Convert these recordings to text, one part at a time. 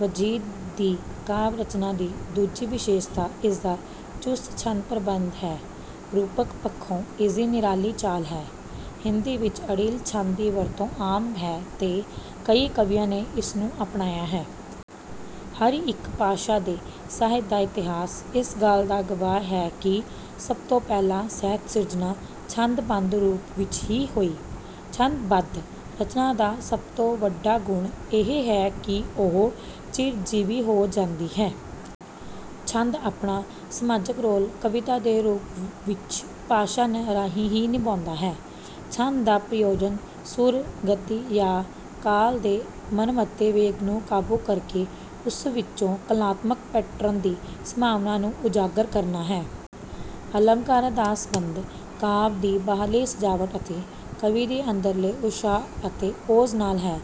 ਵਜੀਦ ਦੀ ਕਾਵਿ ਰਚਨਾ ਦੀ ਦੂਜੀ ਵਿਸ਼ੇਸ਼ਤਾ ਇਸਦਾ ਚੁਸਤ ਛੰਦ ਪ੍ਰਬੰਧ ਹੈ। ਰੂਪਕ ਪੱਖੋਂ ਇਸਦੀ ਨਿਰਾਲੀ ਚਾਲ ਹੈ। ਹਿੰਦੀ ਵਿੱਚ ਅੜਿੱਲ ਛੰਦ ਦੀ ਵਰਤੋਂ ਆਮ ਹੈ ਤੇ ਕਈ ਕਵੀਆਂ ਨੇ ਇਸਨੂੰ ਅਪਣਾਇਆ ਹੈ। ਹਰ ਇੱਕ ਭਾਸ਼ਾ ਦੇ ਸਾਹਿਤ ਦਾ ਇਤਿਹਾਸ ਇਸ ਗੱਲ ਦਾ ਗਵਾਹ ਹੈ ਕਿ ਸਭ ਤੋਂ ਪਹਿਲਾਂ ਸਾਹਿਤ ਸਿਰਜਣਾ ਛੰਦ ਬੱਧ ਰੂਪ ਵਿੱਚ ਹੀ ਹੋਈ। ਛੰਦ ਬੱਧ ਰਚਨਾ ਦਾ ਸਭ ਤੋਂ ਵੱਡਾ ਗੁਣ ਇਹ ਹੈ ਕਿ ਉਹ ਚਿਰਜੀਵੀ ਹੋ ਜਾਂਦੀ ਹੈ। ਛੰਦ ਆਪਣਾ ਸਮਾਜਕ ਰੋਲ ਕਵਿਤਾ ਦੇ ਰੂਪ ਵਿੱਚ ਭਾਸ਼ਾ ਰਾਹੀਂ ਹੀ ਨਿਭਾਉਂਦਾ ਹੈ। ਛੰਦ ਦਾ ਪ੍ਰਯੋਜਨ ਸੁਰ, ਗਤੀ ਜਾਂ ਕਾਲ ਦੇ ਮਨਮਤੇ ਵੇਗ ਨੂੰ ਕਾਬੂ ਕਰਕੇ ਉਸ ਵਿੱਚੋਂ ਕਲਾਤਮਕ ਪੈਟਰਨ ਦੀ ਸੰਭਾਵਨਾ ਨੂੰ ਉਜਾਗਰ ਕਰਨਾ ਹੈ। ਅਲੰਕਾਰ ਦਾ ਸੰਬੰਧ ਕਾਵਿ ਦੀ ਬਾਹਰਲੀ ਸਜਾਵਟ ਅਤੇ ਕਵੀ ਦੇ ਅੰਦਰਲੇ ਉਤਸ਼ਾਹ ਅਤੇ ਓਜ ਨਾਲ ਹੈ।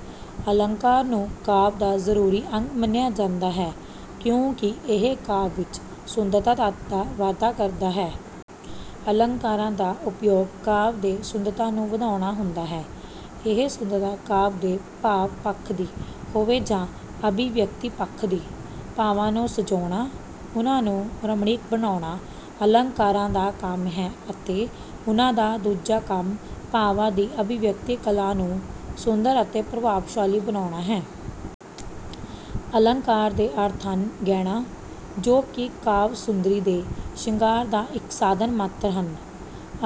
ਅਲੰਕਾਰ ਨੂੰ ਕਾਵਿ ਦਾ ਜ਼ਰੂਰੀ ਅੰਗ ਮੰਨਿਆ ਜਾਂਦਾ ਹੈ ਕਿਉਂਕਿ ਇਹ ਕਾਵਿ ਵਿੱਚ ਸੁੰਦਰਤਾ ਤੱਤ ਦਾ ਵਾਧਾ ਕਰਦਾ ਹੈ। ਅਲੰਕਾਰਾਂ ਦਾ ਉਪਯੋਗ ਕਾਵਿ ਦੇ ਸੁੰਦਰਤਾ ਨੂੰ ਵਧਾਉਣਾ ਹੁੰਦਾ ਹੈ। ਇਹ ਸੁੰਦਰਤਾ ਕਾਵਿ ਦੇ ਭਾਵ ਪੱਖ ਦੀ ਹੋਵੇ ਜਾਂ ਅਭਿਵਿਅਕਤੀ ਪੱਖ ਦੀ। ਭਾਵਾਂ ਨੂੰ ਸਜਾਉਣਾ, ਉਨ੍ਹਾਂ ਨੂੰ ਰਮਣੀਕ ਬਣਾਉਣਾ ਅਲੰਕਾਰਾਂ ਦਾ ਕੰਮ ਹੈ ਅਤੇ ਉਨ੍ਹਾਂ ਦਾ ਦੂਜਾ ਕੰਮ ਭਾਵਾਂ ਦੀ ਅਭਿਵਿਅਕਤੀ ਕਲਾ ਨੂੰ ਸੁੰਦਰ ਅਤੇ ਪ੍ਰਭਾਵਸ਼ਾਲੀ ਬਣਾਉਣਾ ਹੈ। ਅਲੰਕਾਰ ਦੇ ਅਰਥ ਹਨ ਗਹਿਣਾ ਜੋ ਕਿ ਕਾਵਿ ਸੁੰਦਰੀ ਦੇ ਸ਼ਿੰਗਾਰ ਦਾ ਇੱਕ ਸਾਧਨ ਮਾਤਰ ਹਨ।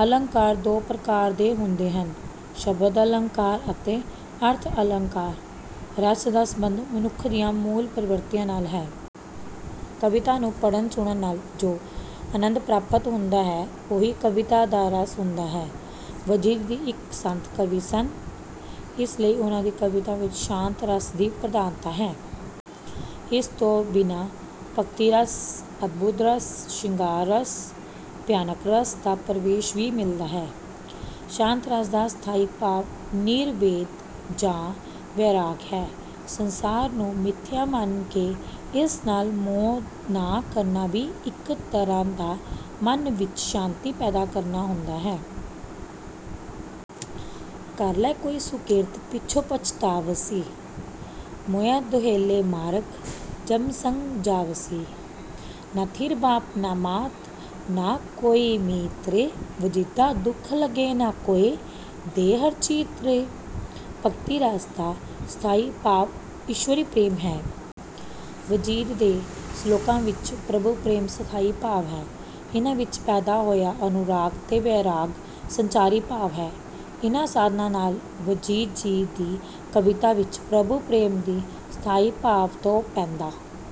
ਅਲੰਕਾਰ ਦੋ ਪ੍ਰਕਾਰ ਦੇ ਹੁੰਦੇ ਹਨ ਸ਼ਬਦ ਅਲੰਕਾਰ ਅਤੇ ਅਰਥ ਅਲੰਕਾਰ। ਰਸ ਦਾ ਸੰਬੰਧ ਮਨੁੱਖ ਦੀਆਂ ਮੂਲ ਪ੍ਰਵਿਰਤੀਆਂ ਨਾਲ ਹੈ। ਕਵਿਤਾ ਨੂੰ ਪੜ੍ਹਨ ਸੁਣਨ ਨਾਲ ਜੋ ਅਨੰਦ ਪ੍ਰਾਪਤ ਹੁੰਦਾ ਹੈ ਉਹੀ ਕਵਿਤਾ ਦਾ ਰਸ ਹੁੰਦਾ ਹੈ। ਵਜੀਦ ਜੀ ਇੱਕ ਸੰਤ ਕਵੀ ਸਨ, ਇਸ ਲਈ ਉਨ੍ਹਾਂ ਦੀ ਕਵਿਤਾ ਵਿੱਚ ਸ਼ਾਂਤ ਰਸ ਦੀ ਪ੍ਰਧਾਨਤਾ ਹੈ। ਇਸ ਤੋਂ ਬਿਨਾਂ ਭਗਤੀ ਰਸ, ਅਦਭੁਤ ਰਸ, ਸ਼ਿੰਗਾਰ ਰਸ, ਭਿਆਨਕ ਰਸ ਦਾ ਪ੍ਰਵੇਸ਼ ਵੀ ਮਿਲਦਾ ਹੈ। ਸ਼ਾਂਤ ਰਸ ਦਾ ਸਥਾਈ ਭਾਵ ਨਿਰਵੇਦ ਜਾਂ ਵੈਰਾਗ ਹੈ। ਸੰਸਾਰ ਨੂੰ ਮਿਥਿਆ ਮੰਨ ਕੇ ਇਸ ਨਾਲ ਮੋਹ ਨਾ ਕਰਨਾ ਵੀ ਇੱਕ ਤਰ੍ਹਾਂ ਮਨ ਵਿੱਚ ਸ਼ਾਂਤੀ ਪੈਦਾ ਕਰਨਾ ਹੁੰਦਾ ਹੈ। "ਕਰ ਲੈ ਕੋਈ ਸੁਕ੍ਰਿਤ, ਪਿਛੋਂ ਪਛਤਾਵਸੀ। ਮੁਇਆਂ ਦੁਹੇਲੇ ਮਾਰਗ, ਜਮ ਸੰਗਿ ਜਾਵਸੀ। ਨਾ ਥਿਰ ਬਾਪੁ ਨ ਮਾਤੁ, ਨ ਕੋਈ ਮੀਤ ਰੇ। ਵਜੀਦਾ ਦੁਖ ਲਗੇ ਨ ਕੋਇ, ਦੇ ਹਰਿ ਚੀਤੁ ਰੇ।" ਭਗਤੀ ਰਸ ਦਾ ਸਥਾਈ ਭਾਵ ਈਸ਼ਵਰੀ ਪ੍ਰੇਮ ਹੈ। ਵਜੀਦ ਦੇ ਸਲੋਕਾਂ ਵਿੱਚ ਪ੍ਰਭੂ ਪ੍ਰੇਮ ਸਥਾਈ ਭਾਵ ਹੈ। ਇਨ੍ਹਾਂ ਵਿੱਚ ਪੈਦਾ ਹੋਇਆ ਅਨੁਰਾਗ ਤੇ ਵੈਰਾਗ ਸੰਚਾਰੀ ਭਾਵ ਹੈ। ਇਨ੍ਹਾਂ ਸਾਧਨਾਂ ਨਾਲ ਵਜੀਦ ਜੀ ਦੀ ਕਵਿਤਾ ਵਿੱਚ ਪ੍ਰਭੂ ਪ੍ਰੇਮ ਦੇ ਸਥਾਈ ਭਾਵ ਤੋਂ ਪੈਂਦਾ।